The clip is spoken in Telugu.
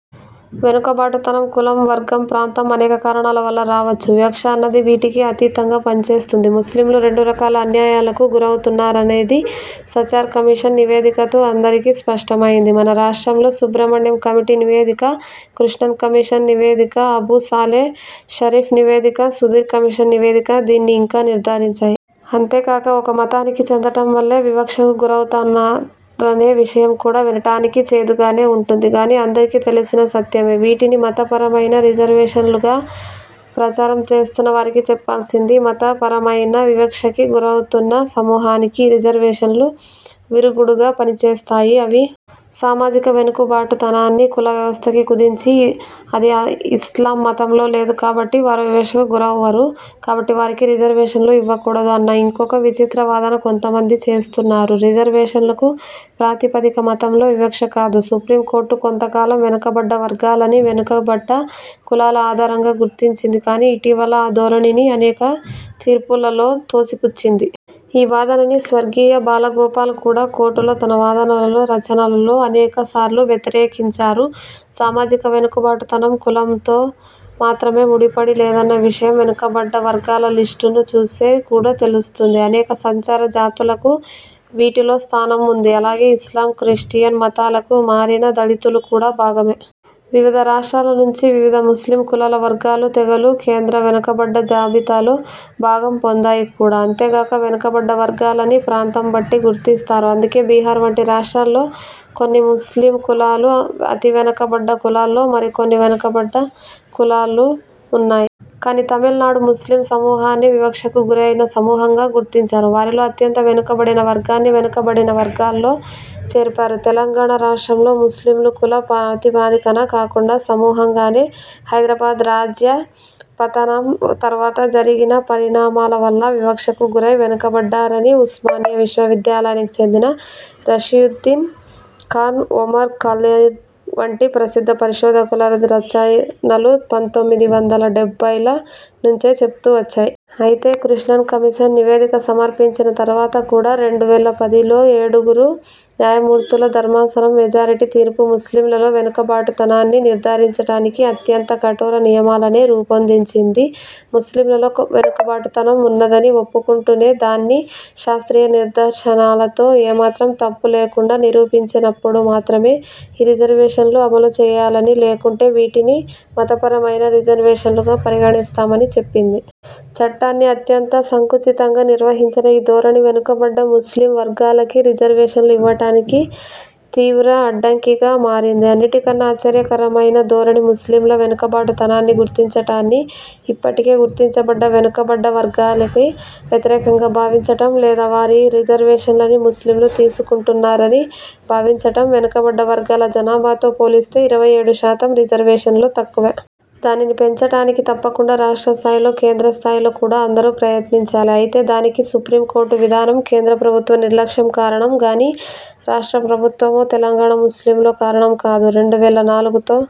వెనుకబాటుతనం కులం, వర్గం, ప్రాంతం అనేక కారణాల వల్ల రావచ్చు వివక్ష అన్నది వీటికి అతీతంగా పనిచేస్తుంది. ముస్లింలు రెండు రకాల అన్యాయాలకు గురవుతున్నారనేది సచార్ కమిషన్ నివేదికతో అందరికీ స్పష్టమయింది. మన రాష్ట్రంలో సుబ్రహ్మణ్యం కమిటీ నివేదిక, కృష్ణన్ కమిషన్ నివేదిక, అబూ సాలే షరీఫ్ నివేదిక, సుధీర్ కమిషన్ నివేదిక దీన్ని ఇంకా నిర్ధారించాయి. అంతే కాక, ఒక మతానికి చెందటం వల్లే వివక్షకు గురవుత అన్నా రనే విషయం కూడా వినటానికి చేదుగానే ఉంటుంది గానీ అందరికీ తెలిసిన సత్యమే. వీటిని 'మత పరమైన' రిజర్వేషన్లుగా ప్రచారం చేస్తున్న వారికి చెప్పాల్సింది మత పరమయిన వివక్షకి గురవుతున్న సమూహానికి రిజర్వేషన్లు విరుగుడుగా పనిచేస్తాయీ అవి. సామాజిక వెనుకుబాటుతనాన్ని కుల వ్యవస్థకి కుదించి, అది ఇస్లాం మతంలో లేదు కాబట్టి వారు వివక్షకు గురవ్వరు, కాబట్టి వారికి రిజర్వేషన్లు ఇవ్వకూడదు అన్న ఇంకొక విచిత్ర వాదన కొంతమంది చేస్తున్నారు. రిజర్వేషన్లకు ప్రాతిపదిక మతంలో వివక్ష కాదు. సుప్రీమ్ కోర్టు కొంత కాలం వెనుకబడ్డ వర్గాలని వెనుక బడ్డ కులాల ఆధారంగా గుర్తించింది కానీ ఇటీవల ఈ ధోరణిని అనేక తీర్పులలో తోసిపుచ్చింది. ఈ వాదనని స్వర్గీయ బాలగోపాల్ కూడా కోర్టులో తన వాదనలలో, రచనల్లో అనేక సార్లు వ్యతిరేకించారు. సామాజిక వెనుకుబాటుతనం కులంతో మాత్రమే ముడిపడి లేదన్న విషయం వెనుకబడ్డ వర్గాల లిస్టును చూసే కూడా తెలుస్తుంది. అనేక సంచార జాతులకు వీటిలో స్థానం వుంది. అలాగే ఇస్లాం, క్రిస్టియన్ మతాలకు మారిన దళితులు కూడా భాగమే. వివిధ రాష్ట్రాల నుంచి వివిధ ముస్లిం కులాల, వర్గాలు, తెగలు కేంద్ర వెనుకబడ్డ జాబితాలో భాగం పొందాయి కూడా. అంతేకాక వెనుకబడ్డ వర్గాలని ప్రాంతం బట్టి గుర్తి స్తారు. అందుకే బీహార్ వంటి రాష్ట్రాల్లో కొన్ని ముస్లిం కులాలు అతి వెనుకబడ్డ కులాల్లో, మరికొన్ని వెనుకబడ్డ కులాల్లు వున్నాయి. కానీ, తమిళనాడు ముస్లిం సమూహాన్ని వివక్షకు గురయిన సమూహంగా గుర్తించారు. వారిలో అత్యంత వెనుకబడిన వర్గాన్ని వెనుకబడిన వర్గాల్లో చేర్పారు. తెలంగాణ రాష్ట్రంలో ముస్లింలు కుల పతిపదికన కాకుండా సమూహంగానే హైదరాబాదు రాజ్య పతనం తర్వాత జరిగిన పరిణామాల వల్ల వివక్షకు గురై వెనుకబడ్డారని ఉస్మానియా విశ్వవిద్యాలయానికి చెందిన రషీయుద్దీన్ ఖాన్, ఒమర్ ఖాలిద్ వంటి ప్రసిద్ధ పరిశోధకుల రచయనలు పంతొమ్మిది వందల డెబ్బైల నుంచే చెప్తూ వచ్చాయి. అయితే, కృష్ణన్ కమిషన్ నివేదిక సమర్పించిన తరువాత కూడా రెండు వేల పదిలో ఏడుగురు న్యాయమూర్తుల ధర్మాసనం మెజారిటీ తీర్పు ముస్లింలలో వెనుకబాటుతనాన్ని నిర్ధారించటానికి అత్యంత కఠోర నియమాలనె రూపొందించింది. ముస్లింలలో కొ వెనుకబాటుతనం వున్నదని ఒప్పుకుంటూనే, దాన్ని శాస్త్రీయ నిదర్శనాలతో, ఏమాత్రం తప్పు లేకుండా నిరూపించినప్పుడు మాత్రమే ఈ రిజర్వేషన్లు అమలు చెయ్యాలని, లేకుంటే వీటిని 'మతపరమయిన రిజర్వేషన్లుగా' పరిగణిస్తామని చెప్పింది. చట్టాన్ని అత్యంత సంకుచితంగా నిర్వచించిన ఈ ధోరణి వెనుకబడ్డ ముస్లిం వర్గాలకి రిజర్వేషన్లు ఇవ్వటానికి తీవ్ర అడ్డంకిగా మారింది. అన్నిటికన్నా ఆశ్చర్యకరమైన ధోరణి ముస్లింల వెనుకబాటుతనాన్ని గుర్తించటాన్ని ఇప్పటికే గుర్తించబడ్డ వెనుకబడ్డ వర్గాలకి వ్యతిరేకంగా భావించటం, లేదా వారి రిజర్వేషన్లని ముస్లింలు తీసేసుకుంటున్నారని భావించటం. వెనుకబడ్డ వర్గాల జనాభాతో పోలిస్తే ఇరవై ఏడుశాతం రిజర్వేషన్లు తక్కువే. దానిని పెంచటానికి తప్పకుండా రాష్ట్ర స్థాయిలో, కేంద్ర స్థాయిలో కూడా అందరూ ప్రయత్నించాలి. అయితే దానికి సుప్రీమ్ కోర్టు విధానం, కేంద్ర ప్రభుత్వ నిర్లక్ష్యం కారణం గానీ, రాష్ట్ర ప్రభుత్వమో, తెలంగాణా ముస్లింలో కారణం కాదు. రెండు వేల నాలుగుతో